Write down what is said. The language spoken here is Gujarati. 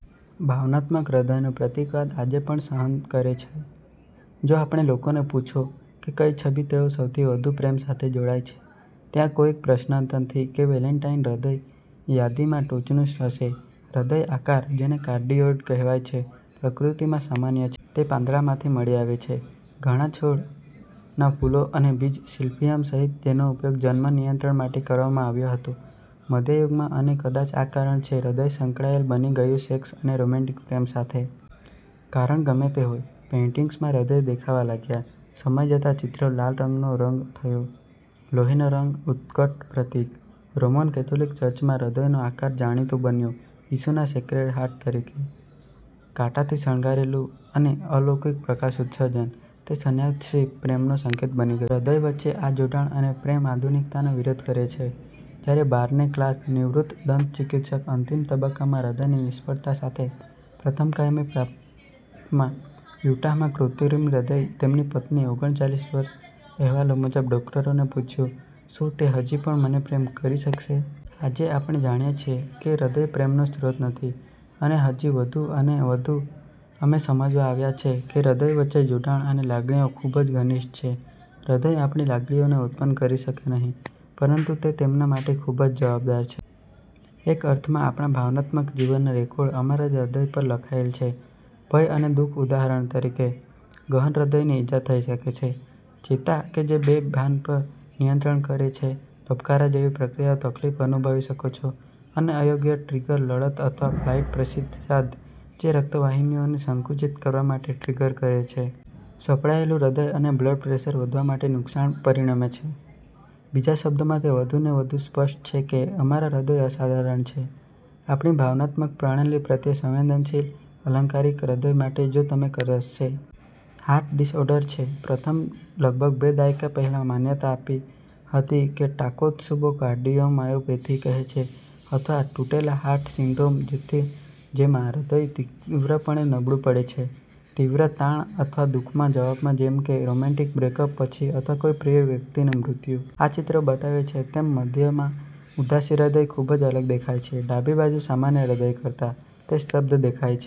ભાવનાત્મક હૃદયનું પ્રતીકવાદ આજે પણ સહન કરે છે. જો આપણે લોકોને પૂછો કે કઈ છબી તેઓ સૌથી વધુ પ્રેમ સાથે જોડાય છે, ત્યાં કોઈ પ્રશ્ન નથી કે વેલેન્ટાઇન હૃદય યાદીમાં ટોચનું હશે. હૃદય આકાર, જેને કાર્ડિયોઇડ કહેવાય છે, પ્રકૃતિમાં સામાન્ય છે. તે પાંદડામાંથી મળી આવે છે. ઘણા છોડના ફૂલો અને બીજ, સિલ્ફિયમ સહિત જેનો ઉપયોગ જન્મ નિયંત્રણ માટે કરવામાં આવ્યો હતો મધ્ય યુગમાં અને કદાચ આ કારણ છે હૃદય સંકળાયેલ બની ગયું સેક્સ અને રોમેન્ટિક પ્રેમ સાથે. કારણ ગમે તે હોય, પેઇન્ટિંગ્સમાં હૃદય દેખાવા લાગ્યા. સમય જતાં ચિત્રો લાલ રંગનો રંગ થયો, લોહીનો રંગ, ઉત્કટ પ્રતીક. રોમન કેથોલિક ચર્ચમાં હૃદયનો આકાર જાણીતો બન્યો ઈસુના સેક્રેડ હાર્ટ તરીકે. કાંટાથી શણગારેલું અને અલૌકિક પ્રકાશ ઉત્સર્જન, તે સન્યાસી પ્રેમનો સંકેત બની ગયો. હૃદય વચ્ચે આ જોડાણ અને પ્રેમ આધુનિકતાનો વિરોધ કરે છે. જ્યારે બાર્ને ક્લાર્ક, નિવૃત્ત દંતચિકિત્સક અંતિમ તબક્કામાં હૃદયની નિષ્ફળતા સાથે પ્રથમ કાયમી પ્રાપ્તમાં યુટાહમાં કૃત્રિમ હૃદય તેમની પત્ની ઓગણચાલીસ વર્ષ અહેવાલો મુજબ ડોકટરોને પૂછ્યું, "શું તે હજી પણ મને પ્રેમ કરી શકશે?" આજે આપણે જાણીએ છીએ કે હૃદય પ્રેમનો સ્ત્રોત નથી. અને હજી વધુ અને વધુ અમે સમજવા આવ્યા છે કે હૃદય વચ્ચે જોડાણ અને લાગણીઓ ખૂબ જ ઘનિષ્ઠ છે. હૃદય આપણી લાગણીઓને ઉત્પન્ન કરી શકે નહીં, પરંતુ તે તેમના માટે ખૂબ જ જવાબદાર છે. એક અર્થમાં આપણા ભાવનાત્મક જીવનનો રેકોર્ડ અમારા હૃદય પર લખાયેલ છે. ભય અને દુખ ઉદાહરણ તરીકે, ગહન હૃદયની ઇજા થઈ શકે છે. ચેતા કે જે બેભાન પર નિયંત્રણ કરે છે ધબકારા જેવી પ્રક્રિયાઓ તકલીફ અનુભવી શકો છો અને અયોગ્ય ટ્રીગર લડત અથવા ફ્લાઇટ પ્રતિસાદ જે રક્ત વાહિનીઓને સંકુચિત કરવા માટે ટ્રિગર કરે છે. સપડાયેલું હૃદય અને બ્લડ પ્રેશર વધવા માટે નુકસાન પરિણમે છે. બીજા શબ્દોમાં તે વધુને વધુ સ્પષ્ટ છે કે અમારા હૃદય અસાધારણ છે. આપણી ભાવનાત્મક પ્રણાલી પ્રત્યે સંવેદનશીલ, અલંકારિક હૃદય માટે જો તમે કરશે. હાર્ટ ડિસઓર્ડર છે પ્રથમ લગભગ બે દાયકા પહેલા માન્યતા આપી હતી જેને "ટાકોત્સુબો કાર્ડિયોમાયોપથી" કહે છે અથવા "તૂટેલા હાર્ટ સિન્ડ્રોમ" જેમાં હૃદય તીવ્રપણે નબળું પડે છે. તીવ્ર તાણ અથવા દુખના જવાબમાં જેમ કે રોમેન્ટિક બ્રેકઅપ પછી અથવા કોઈ પ્રિય વ્યક્તિનું મૃત્યુ. આ ચિત્રો બતાવે છે તેમ મધ્યમાં ઉદાસી હૃદય ખૂબ જ અલગ દેખાય છે ડાબી બાજુ સામાન્ય હૃદય કરતાં. તે સ્તબ્ધ દેખાય છે.